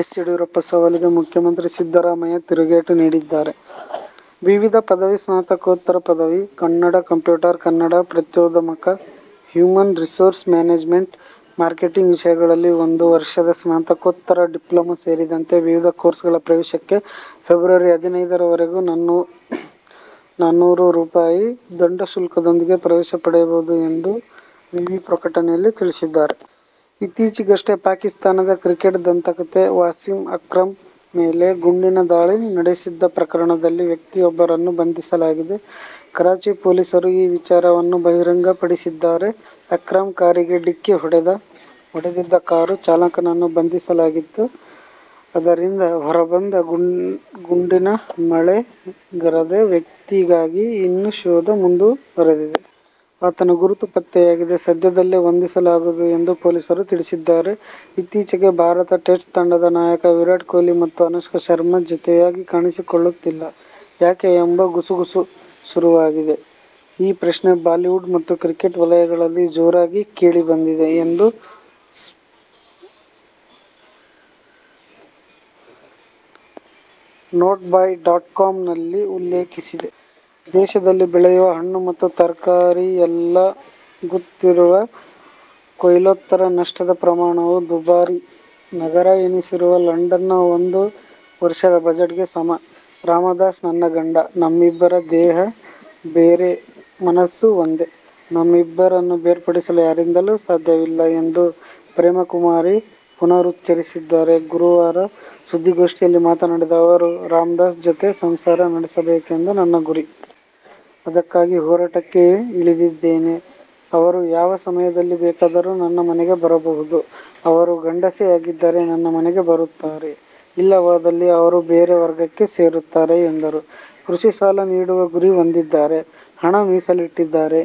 S. Yediyurappa ಸವಾಲಿಗೆ ಮುಖ್ಯಮಂತ್ರಿ ಸಿದ್ದರಾಮಯ್ಯ ತಿರುಗೇಟು ನೀಡಿದ್ದಾರೆ. ವಿವಿಧ ಪದವಿ, ಸ್ನಾತಕೋತ್ತರ ಪದವಿ, ಕನ್ನಡ ಕಂಪ್ಯೂಟರ್, ಕನ್ನಡ ಪತ್ರಿಕೋದ್ಯಮ, ಹ್ಯೂಮನ್ ರಿಸೋರ್ಸ್ ಮ್ಯಾನೇಜ್ಮೆಂಟ್, ಮಾರ್ಕೆಟಿಂಗ್ ವಿಷಯಗಳಲ್ಲಿ ಒಂದು ವರ್ಷದ ಸ್ನಾತಕೋತ್ತರ ಡಿಪ್ಲೊಮಾ ಸೇರಿದಂತೆ ವಿವಿಧ ಕೋರ್ಸುಗಳ ಪ್ರವೇಶಕ್ಕೆ ಫೆಬ್ರವರಿ ಹದಿನೈದು ರವರೆಗೂ ನನ್ನೂರು ರೂಪಾಯಿ ದಂಡಶುಲ್ಕದೊಂದಿಗೆ ಪ್ರವೇಶ ಪಡೆಯಬಹುದು ಎಂದು ವಿವಿ ಪ್ರಕಟನೆಯಲ್ಲಿ ತಿಳಿಸಿದೆ. ಇತ್ತೀಚೆಗಷ್ಟೇ ಪಾಕಿಸ್ತಾನದ ಕ್ರಿಕೆಟ್ ದಂತಕಥೆ ವಾಸಿಂ ಅಕ್ರಂ ಮೇಲೆ ಗುಂಡಿನ ದಾಳಿ ನಡೆಸಿದ್ದ ಪ್ರಕರಣದಲ್ಲಿ ವ್ಯಕ್ತಿಯೊಬ್ಬರನ್ನು ಬಂಧಿಸಲಾಗಿದೆ. ಕರಾಚಿ ಪೊಲೀಸರು ಈ ವಿಚಾರವನ್ನು ಬಹಿರಂಗಪಡಿಸಿದ್ದಾರೆ. ಅಕ್ರಂ ಕಾರಿಗೆ ಡಿಕ್ಕಿ ಹೊಡೆದಿದ್ದ ಕಾರು ಚಾಲಕನನ್ನು ಬಂಧಿಸಲಾಗಿದ್ದು, ಅದರಿಂದ ಹೊರಬಂದು ಗುಂಡಿನ ಮಳೆಗರೆದ ವ್ಯಕ್ತಿಗಾಗಿ ಇನ್ನೂ ಶೋಧ ಮುಂದುವರಿದಿದೆ. ಆತನ ಗುರುತು ಪತ್ತೆಯಾಗಿದೆ, ಸದ್ಯದಲ್ಲೇ ಬಂಧಿಸಲಾಗುವುದು ಎಂದು ಪೊಲೀಸರು ತಿಳಿಸಿದ್ದಾರೆ. ಇತ್ತೀಚೆಗೆ ಭಾರತ ಟೆಸ್ಟ್ ತಂಡದ ನಾಯಕ ವಿರಾಟ್ ಕೊಹ್ಲಿ ಮತ್ತು ಅನುಷ್ಕಾ ಶರ್ಮಾ ಜತೆಯಾಗಿ ಕಾಣಿಸಿಕೊಳ್ಳುತ್ತಿಲ್ಲ ಯಾಕೆ ಎಂಬ ಗುಸುಗುಸು ಶುರುವಾಗಿದೆ. ಈ ಪ್ರಶ್ನೆ ಬಾಲಿವುಡ್ ಮತ್ತು ಕ್ರಿಕೆಟ್ ವಲಯಗಳಲ್ಲಿ ಜೋರಾಗಿ ಕೇಳಿಬಂದಿದೆ ಎಂದು ನ್ಪೋರ್ಟ್ ಬಾಯ್ ಡಾಟ್ ಕಾಮ್ ಉಲ್ಲೇಖೀಸಿದೆ. ದೇಶದಲ್ಲಿ ಬೆಳೆಯುವ ಹಣ್ಣು ಮತ್ತು ತರಕಾರಿಯಲ್ಲಾಗುತ್ತಿರುವ ಕೊಯ್ಲೋತ್ತರ ನಷ್ಟದ ಪ್ರಮಾಣವು ದುಬಾರಿ ನಗರ ಎನಿಸಿರುವ ಲಂಡನ್ನ ಒಂದು ವರ್ಷದ ಬಜೆಟ್ಗೆ ಸಮ! "ರಾಮದಾಸ್ ನನ್ನ ಗಂಡ. ನಮ್ಮಿಬ್ಬರ ದೇಹ ಬೇರೆ ಮನಸ್ಸು ಒಂದೇ. ನಮ್ಮಿಬ್ಬರನ್ನು ಬೇರ್ಪಡಿಸಲು ಯಾರಿಂದಲೂ ಸಾಧ್ಯವಿಲ್ಲ' ಎಂದು ಪ್ರೇಮಕುಮಾರಿ ಪುನರುಚ್ಚರಿಸಿದ್ದಾರೆ. ಗುರುವಾರ ಸುದ್ದಿಗೋಷ್ಠಿಯಲ್ಲಿ ಮಾತನಾಡಿದ ಅವರು, ರಾಮದಾಸ್ ಜತೆ ಸಂಸಾರ ನಡೆಸಬೇಕೆಂಬುದು ನನ್ನ ಗುರಿ. ಅದಕ್ಕಾಗಿ ಹೋರಾಟಕ್ಕೆ ಇಳಿದಿದ್ದೇನೆ. ಅವರು ಯಾವ ಸಮಯದಲ್ಲಿ ಬೇಕಾದರೂ ನನ್ನ ಮನೆಗೆ ಬರಬಹುದು. ಅವರು ಗಂಡಸೇ ಆಗಿದ್ದರೆ ನನ್ನ ಮನೆಗೆ ಬರುತ್ತಾರೆ. ಇಲ್ಲವಾದಲ್ಲಿ ಅವರು ಬೇರೆ ವರ್ಗಕ್ಕೆ ಸೇರುತ್ತಾರೆ ಎಂದರು. ಕೃಷಿ ಸಾಲ ನೀಡುವ ಗುರಿ ಹೊಂದಿದ್ದಾರೆ. ಹಣ ಮೀಸಲಿಟ್ಟಿದ್ದಾರೆ.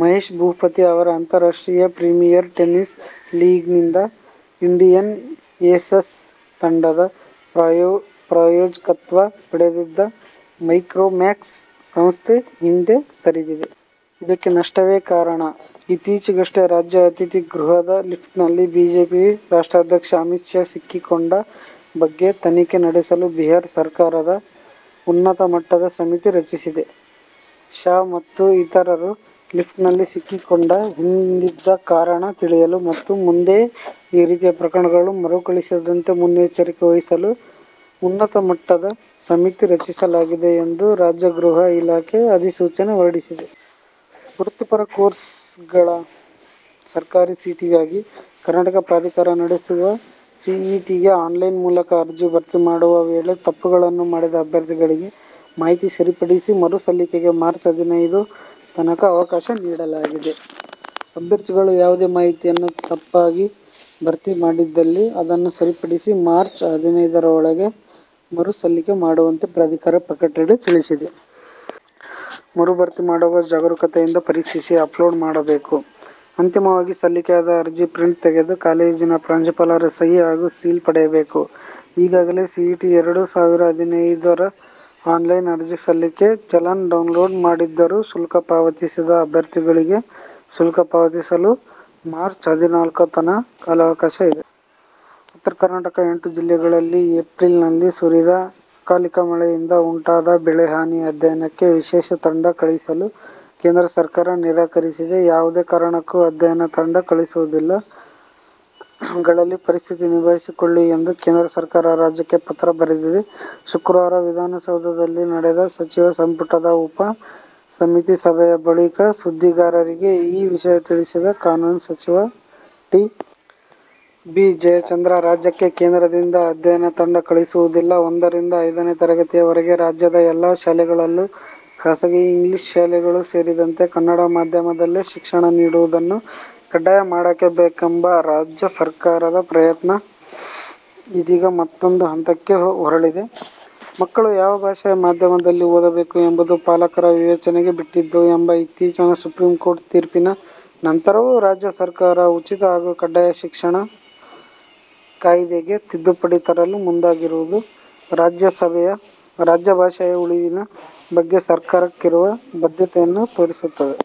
ಮಹೇಶ್ ಭೂಪತಿ ಅವರ ಅಂತಾರಾಷ್ಟ್ರೀಯ ಪ್ರೀಮಿಯರ್ ಟೆನಿಸ್ ಲೀಗ್ನಿಂದ ಇಂಡಿಯನ್ ಏಸಸ್ ತಂಡದ ಪ್ರಾಯೋಜಕತ್ವ ಪಡೆದಿದ್ದ ಮೈಕ್ರೋಮ್ಯಾಕ್ಸ್ ಸಂಸ್ಥೆ ಹಿಂದೆ ಸರಿದಿದೆ. ಇದಕ್ಕೆ ನಷ್ಟವೇ ಕಾರಣ. ಇತ್ತೀಚೆಗಷ್ಟೇ ರಾಜ್ಯ ಅತಿಥಿ ಗೃಹದ ಲಿಫ್ಟ್ನಲ್ಲಿ ಬಿಜೆಪಿ ರಾಷ್ಟ್ರಾಧ್ಯಕ್ಷ ಅಮಿತ್ ಶಾ ಸಿಕ್ಕಿಕೊಂಡ ಬಗ್ಗೆ ತನಿಖೆ ನಡೆಸಲು ಬಿಹಾರ ಸರ್ಕಾರ ಉನ್ನತ ಮಟ್ಟದ ಸಮಿತಿ ರಚಿಸಿದೆ. ಶಾ ಮತ್ತು ಇತರರು ಲಿಫ್ಟಿನಲ್ಲಿ ಸಿಕ್ಕಿಕೊಂಡ ಹಿಂದಿದ್ದ ಕಾರಣ ತಿಳಿಯಲು ಮತ್ತು ಮುಂದೆ ಈ ರೀತಿಯ ಪ್ರಕರಣಗಳು ಮರುಕಳಿಸದಂತೆ ಮುನ್ನೆಚ್ಚರಿಕೆ ವಹಿಸಲು, ಉನ್ನತ ಮಟ್ಟದ ಸಮಿತಿ ರಚಿಸಲಾಗಿದೆ ಎಂದು ರಾಜ್ಯ ಗೃಹ ಇಲಾಖೆ ಅಧಿಸೂಚನೆ ಹೊರಡಿಸಿದೆ. ವೃತ್ತಿಪರ ಕೋರ್ಸ್ಗಳ ಸರ್ಕಾರಿ ಸೀಟಿಗಾಗಿ ಕರ್ನಾಟಕ ಪ್ರಾಧಿಕಾರ ನಡೆಸುವ ಸಿಇಟಿಗೆ ಆನ್ಲೈನ್ ಮೂಲಕ ಅರ್ಜಿ ಭರ್ತಿ ಮಾಡುವ ವೇಳೆ ತಪ್ಪುಗಳನ್ನು ಮಾಡಿದ ಅಭ್ಯರ್ಥಿಗಳಿಗೆ ಮಾಹಿತಿ ಸರಿಪಡಿಸಿ ಮರು ಸಲ್ಲಿಕೆಗೆ ಮಾರ್ಚ್ ಹದಿನೈದು ತನಕ ಅವಕಾಶ ನೀಡಲಾಗಿದೆ. ಅಭ್ಯರ್ಥಿಗಳು ಯಾವುದೇ ಮಾಹಿತಿಯನ್ನು ತಪ್ಪಾಗಿ ಭರ್ತಿ ಮಾಡಿದ್ದಲ್ಲಿ ಅದನ್ನು ಸರಿಪಡಿಸಿ ಮಾರ್ಚ್ ಹದಿನೈದು ಒಳಗೆ ಮರು ಸಲ್ಲಿಕೆ ಮಾಡುವಂತೆ ಪ್ರಾಧಿಕಾರ ಪ್ರಕಟಣೆಯಲ್ಲಿ ತಿಳಿಸಿದೆ. ಮರುಭರ್ತಿ ಮಾಡುವಾಗ ಜಾಗರೂಕತೆಯಿಂದ ಪರೀಕ್ಷಿಸಿ, ಅಪ್ಲೋಡ್ ಮಾಡಬೇಕು. ಅಂತಿಮವಾಗಿ ಸಲ್ಲಿಕೆಯಾದ ಅರ್ಜಿಯ ಪ್ರಿಂಟ್ ತೆಗೆದು, ಕಾಲೇಜಿನ ಪ್ರಾಂಶುಪಾಲರ ಸಹಿ ಹಾಗೂ ಸೀಲು ಪಡೆಯಬೇಕು. ಈಗಾಗಲೇ ಸಿಇಟಿ-ಎರಡು ಸಾವಿರ ಹದಿನೈದು ರ ಆನ್ಲೈನ್ ಅರ್ಜಿ ಸಲ್ಲಿಸಿ, ಚಲನ್ ಡೌನ್ಲೋಡ್ ಮಾಡಿದ್ದರೂ ಶುಲ್ಕ ಪಾವತಿಸದ ಅಭ್ಯರ್ಥಿಗಳಿಗೆ ಶುಲ್ಕ ಪಾವತಿಸಲು ಮಾರ್ಚ್ರ ಹದಿನಾಲ್ಕು ತನಕ ಕಾಲಾವಕಾಶ ನೀಡಲಾಗಿದೆ. ಉತ್ತರ ಕರ್ನಾಟಕದ ಎಂಟು ಜಿಲ್ಲೆಗಳಲ್ಲಿ ಏಪ್ರಿಲ್ನಲ್ಲಿ ಸುರಿದ ಅಕಾಲಿಕ ಮಳೆಯಿಂದ ಉಂಟಾದ ಬೆಳೆ ಹಾನಿ ಅಧ್ಯಯನಕ್ಕೆ ವಿಶೇಷ ತಂಡ ಕಳಿಸಲು ಕೇಂದ್ರ ಸರ್ಕಾರ ನಿರಾಕರಿಸಿದೆ. ಯಾವುದೇ ಕಾರಣಕ್ಕೂ ಅಧ್ಯಯನ ತಂಡ ಕಳಿಸುವುದಿಲ್ಲ. ಗಳಲ್ಲಿ ಪರಿಸ್ಥಿತಿ ನಿಭಾಯಿಸಿಕೊಳ್ಳಿ ಎಂದು ಕೇಂದ್ರ ಸರ್ಕಾರ ರಾಜ್ಯಕ್ಕೆ ಪತ್ರ ಬರೆದಿದೆ. ಶುಕ್ರವಾರ ವಿಧಾನಸೌಧದಲ್ಲಿ ನಡೆದ ಸಚಿವ ಸಂಪುಟದ ಉಪ ಸಮಿತಿ ಸಭೆಯ ಬಳಿಕ ಸುದ್ದಿಗಾರರಿಗೆ ಈ ವಿಷಯ ತಿಳಿಸಿದ ಕಾನೂನು ಸಚಿವ ಟಿ. ಬಿ. ಜಯಚಂದ್ರ, ರಾಜ್ಯಕ್ಕೆ ಕೇಂದ್ರದಿಂದ ಅಧ್ಯಯನ ತಂಡ ಕಳಿಸುವುದಿಲ್ಲ. ಒಂದರಿಂದ ಐದನೇ ತರಗತಿಯವರೆಗೆ ರಾಜ್ಯದ ಎಲ್ಲಾ ಶಾಲೆಗಳಲ್ಲೂ, ಖಾಸಗಿ ಇಂಗ್ಲಿಷ್ ಶಾಲೆಗಳೂ ಸೇರಿದಂತೆ, ಕನ್ನಡ ಮಾಧ್ಯಮದಲ್ಲೇ ಶಿಕ್ಷಣ ನೀಡುವುದನ್ನು ಕಡ್ಡಾಯ ಮಾಡಬೇಕೆಂಬ ರಾಜ್ಯ ಸರ್ಕಾರದ ಪ್ರಯತ್ನ ಇದೀಗ ಮತ್ತೂಂದು ಹಂತಕ್ಕೆ ಹೊರಳಿದೆ. ಮಕ್ಕಳು ಯಾವ ಭಾಷೆಯ ಮಾಧ್ಯಮದಲ್ಲಿ ಓದಬೇಕು ಎಂಬುದು ಪಾಲಕರ ವಿವೇಚನೆಗೆ ಬಿಟ್ಟಿದ್ದು ಎಂಬ ಇತ್ತೀಚಿನ ಸುಪ್ರೀಂಕೋರ್ಟ್ ತೀರ್ಪಿನ ನಂತರವೂ ರಾಜ್ಯ ಸರ್ಕಾರ ಉಚಿತ ಹಾಗೂ ಕಡ್ಡಾಯ ಶಿಕ್ಷಣ ಕಾಯ್ದೆಗೆ ತಿದ್ದುಪಡಿ ತರಲು ಮುಂದಾಗಿರುವುದು ರಾಜ್ಯಭಾಷೆಯ ಉಳಿವಿನ ಬಗ್ಗೆ ಸರ್ಕಾರಕ್ಕಿರುವ ಬದ್ಧತೆಯನ್ನು ತೋರಿಸುತ್ತದೆ.